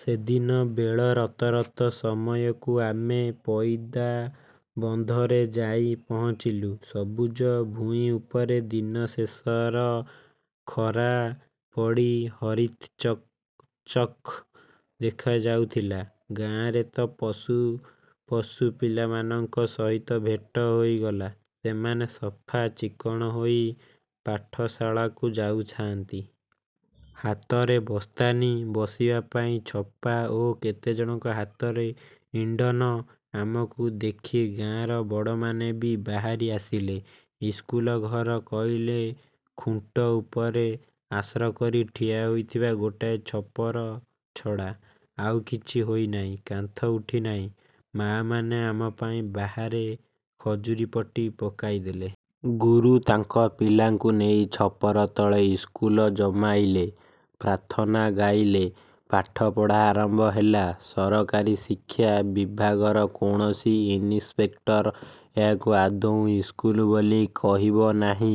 ସେଦିନ ବେଳ ରତ ରତ ସମୟକୁ ଆମେ ପଇଦାବନ୍ଧରେ ଯାଇ ପହଞ୍ଚିଲୁ। ସବୁଜ ଭୂଇଁ ଉପରେ ଦିନଶେଷର ଖରା ପଡ଼ି ହରିତ୍ ଚକ୍ ଚକ୍ ଦେଖାଯାଉଥିଲା। ଗାଆଁରେ ତ ପଶୁ ପଶୁ ପିଲାମାନଙ୍କ ସହିତ ଭେଟ ହୋଇଗଲା। ସେମାନେ ସଫା ଚିକ୍କଣ ହୋଇ ପାଠଶାଳାକୁ ଯାଉଥାନ୍ତି। ହାତରେ ବସ୍ତାନି, ବସିବା ପାଇଁ ଛପା ଓ କେତେଜଣଙ୍କ ହାତରେ ଇଣ୍ଡନ। ଆମକୁ ଦେଖି ଗାଆଁର ବଡ଼ମାନେ ବି ବାହାରି ଆସିଲେ। ଇସ୍କୁଲ ଘର କହିଲେ ଖୁଣ୍ଟ ଉପରେ ଆଶ୍ରାକରି ଠିଆ ହୋଇଥିବା ଗୋଟାଏ ଛପର ଛଡ଼ା ଆଉ କିଛି ହୋଇନାହିଁ। କାନ୍ଥ ଉଠିନାହିଁ। ମାଆମାନେ ଆମ ପାଇଁ ବାହାରେ ଖଜୁରିପଟି ପକାଇଦେଲେ। ଗୁରୁ ତାଙ୍କ ପିଲାଙ୍କୁ ନେଇ ଛପର ତଳେ ଇସ୍କୁଲ ଜମାଇଲେ। ପ୍ରାର୍ଥନା ଗାଇଲେ। ପାଠପଢ଼ା ଆରମ୍ଭ ହେଲା। ସରକାରୀ ଶିକ୍ଷା ବିଭାଗର କୌଣସି ଇନିସ୍ପେକ୍ଟର ଏହାକୁ ଆଦୌ ଇସ୍କୁଲ ବୋଲି କହିବ ନାହିଁ।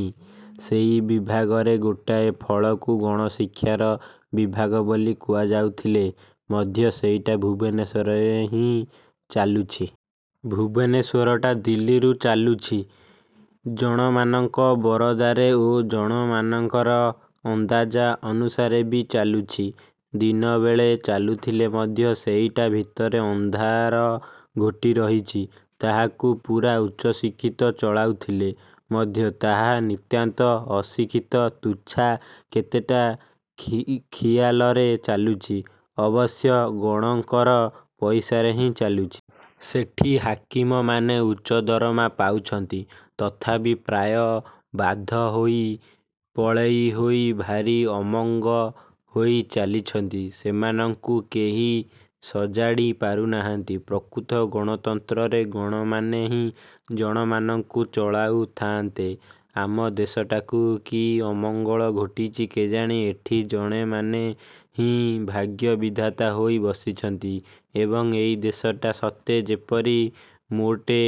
ସେହି ବିଭାଗରେ ଗୋଟାଏ ଫଳକୁ ଗଣଶିକ୍ଷାର ବିଭାଗ ବୋଲି କୁହାଯାଉଥିଲେ ମଧ୍ୟ ସେଇଟା ଭୁବନେଶ୍ୱରରେ ହିଁ ଚାଲୁଛି। ଭୁବନେଶ୍ୱରଟା ଦିଲ୍ଲୀରୁ ଚାଲୁଛି। ଜଣମାନଙ୍କ ବରାଦରେ ଓ ଜଣମାନଙ୍କର ଅନ୍ଦାଜ ଅନୁସାରେ ବି ଚାଲୁଛି। ଦିନବେଳେ ଚାଲୁଥିଲେ ମଧ୍ୟ ସେଇଟା ଭିତରେ ଅନ୍ଧାର ଘୋଟି ରହିଛି। ତାହାକୁ ପୂରା ଉଚ୍ଚଶିକ୍ଷିତ ଚଳାଉଥିଲେ ମଧ୍ୟ ତାହା ନିତାନ୍ତ ଅଶିକ୍ଷିତ ତୁଚ୍ଛା କେତେଟା ଖି ଖିଆଲରେ ଚାଲୁଛି। ଅବଶ୍ୟ ଗଣଙ୍କର ପଇସାରେ ହିଁ ଚାଲୁଛି। ସେଠି ହାକିମମାନେ ଉଚ୍ଚ ଦରମା ପାଉଛନ୍ତି। ତଥାପି ପ୍ରାୟ ବାଧ ହୋଇ ପଳେଇ ହୋଇ ଭାରି ଅମଙ୍ଗ ହୋଇ ଚାଲିଛନ୍ତି। ସେମାନଙ୍କୁ କେହି ସଜାଡ଼ି ପାରୁନାହାନ୍ତି। ପ୍ରକୃତ ଗଣତନ୍ତ୍ରରେ ଗଣମାନେ ହିଁ ଜଣମାନଙ୍କୁ ଚଲାଉ ଥାଆନ୍ତେ। ଆମ ଦେଶଟାକୁ କି ଅମଙ୍ଗଳ ଘୋଟିଛି କେଜାଣି, ଏଠି ଜଣେମାନେ ହିଁ ଭାଗ୍ୟବିଧାତା ହୋଇ ବସିଛନ୍ତି ଏବଂ ଏହି ଦେଶଟା ସତେ ଯେପରି ମୋଟେ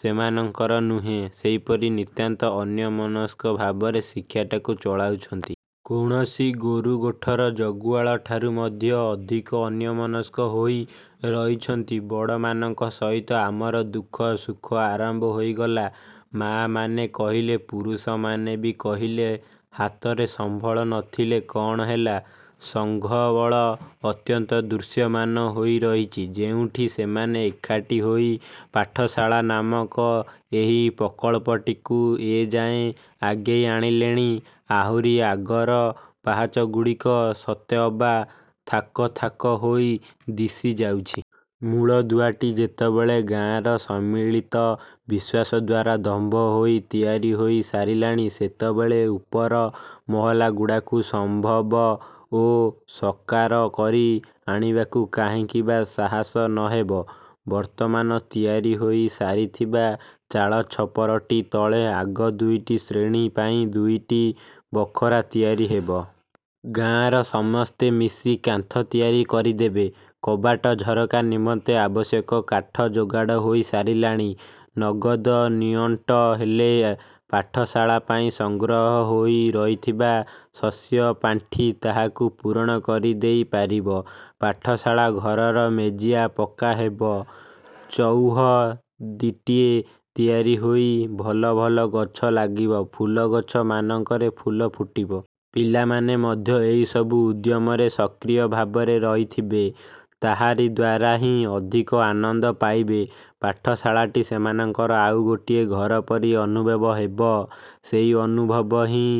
ସେମାନଙ୍କର ନୁହେଁ, ସେହିପରି ନିତାନ୍ତ ଅନ୍ୟମନସ୍କ ଭାବରେ ଶିକ୍ଷାଟାକୁ ଚଳାଉଛନ୍ତି। କୌଣସି ଗୋରୁଗୋଠର ଜଗୁଆଳଠାରୁ ମଧ୍ୟ ଅଧିକ ଅନ୍ୟମନସ୍କ ହୋଇ ରହିଛନ୍ତି। ବଡ଼ମାନଙ୍କ ସହିତ ଆମର ଦୁଃଖ ସୁଖ ଆରମ୍ଭ ହୋଇଗଲା। ମାଆମାନେ କହିଲେ, ପୁରଷମାନେ ବି କହିଲେ। ହାତରେ ସମ୍ବଳ ନଥିଲେ କ'ଣ ହେଲା, ସଂଘବଳ ଅତ୍ୟନ୍ତ ଦୃଶ୍ୟମାନ ହୋଇରହିଛି। ଯେଉଁଠି ସେମାନେ ଏକାଠି ହୋଇ ପାଠଶାଳା ନାମକ ଏହି ପ୍ରକଳ୍ପଟିକୁ ଏଯାଏ ଆଗେଇ ଆଣିଲେଣି, ଆହୁରି ଆଗର ପାହାଚଗୁଡ଼ିକ ସତେଅବା ଥାକ ଥାକ ହୋଇ ଦିଶିଯାଉଛି। ମୂଳଦୁଆଟି ଯେତେବେଳେ ଗାଆଁର ସମ୍ମିଳିତ ବିଶ୍ୱାସ ଦ୍ଵାରା ଦମ୍ଭ ହୋଇ ତିଆରି ହୋଇ ସାରିଲାଣି, ସେତେବେଳେ ଉପର ମହଲାଗୁଡ଼ାକୁ ସମ୍ଭବ ଓ ସକାର କରି ଆଣିବାକୁ କାହିଁକି ବା ସାହସ ନହେବ? ବର୍ତ୍ତମାନ ତିଆରି ହୋଇ ସାରିଥିବା ଚାଳଛପରଟି ତଳେ ଆଗ ଦୁଇଟି ଶ୍ରେଣୀ ପାଇଁ ଦୁଇଟି ବଖରା ତିଆରି ହେବ। ଗାଆଁର ସମସ୍ତେ ମିଶି କାନ୍ଥ ତିଆରି କରିଦେବେ। କବାଟ ଝରକା ନିମନ୍ତେ ଆବଶ୍ୟକ କାଠ ଯୋଗାଡ଼ ହୋଇ ସାରିଲାଣି। ନଗଦ ନିଅଣ୍ଟ ହେଲେ ପାଠଶାଳା ପାଇଁ ସଂଗ୍ରହ ହୋଇ ରହିଥିବା ଶସ୍ୟପାଣ୍ଠି ତାହାକୁ ପୂରଣ କରିଦେଇ ପାରିବ। ପାଠଶାଳା ଘରର ମେଜିଆ ପକ୍କା ହେବ। ଚଉହଦୀଟିଏ ତିଆରି ହୋଇ ଭଲ ଭଲ ଗଛ ଲାଗିବ, ଫୁଲଗଛ ମାନଙ୍କରେ ଫୁଲ ଫୁଟିବ। ପିଲାମାନେ ମଧ୍ୟ ଏହିସବୁ ଉଦ୍ୟମରେ ସକ୍ରିୟ ଭାବରେ ରହିଥିବେ। ତାହାରି ଦ୍ୱାରା ହିଁ ଅଧିକ ଆନନ୍ଦ ପାଇବେ। ପାଠଶାଳାଟି ସେମାନଙ୍କର ଆଉ ଗୋଟିଏ ଘର ପରି ଅନୁଭବ ହେବ। ସେହି ଅନୁଭବ ହିଁ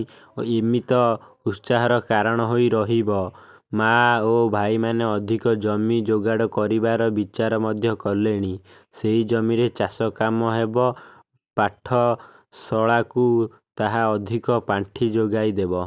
ଇମିତ ଉତ୍ସାହର କାରଣ ହୋଇ ରହିବ। ମାଆ ଓ ଭାଇମାନେ ଅଧିକ ଜମି ଯୋଗାଡ଼ କରିବାର ବିଚାର ମଧ୍ୟ କଲେଣି। ସେହି ଜମିରେ ଚାଷକାମ ହେବ। ପାଠଶଳାକୁ ତାହା ଅଧିକ ପାଣ୍ଠି ଯୋଗାଇଦେବ।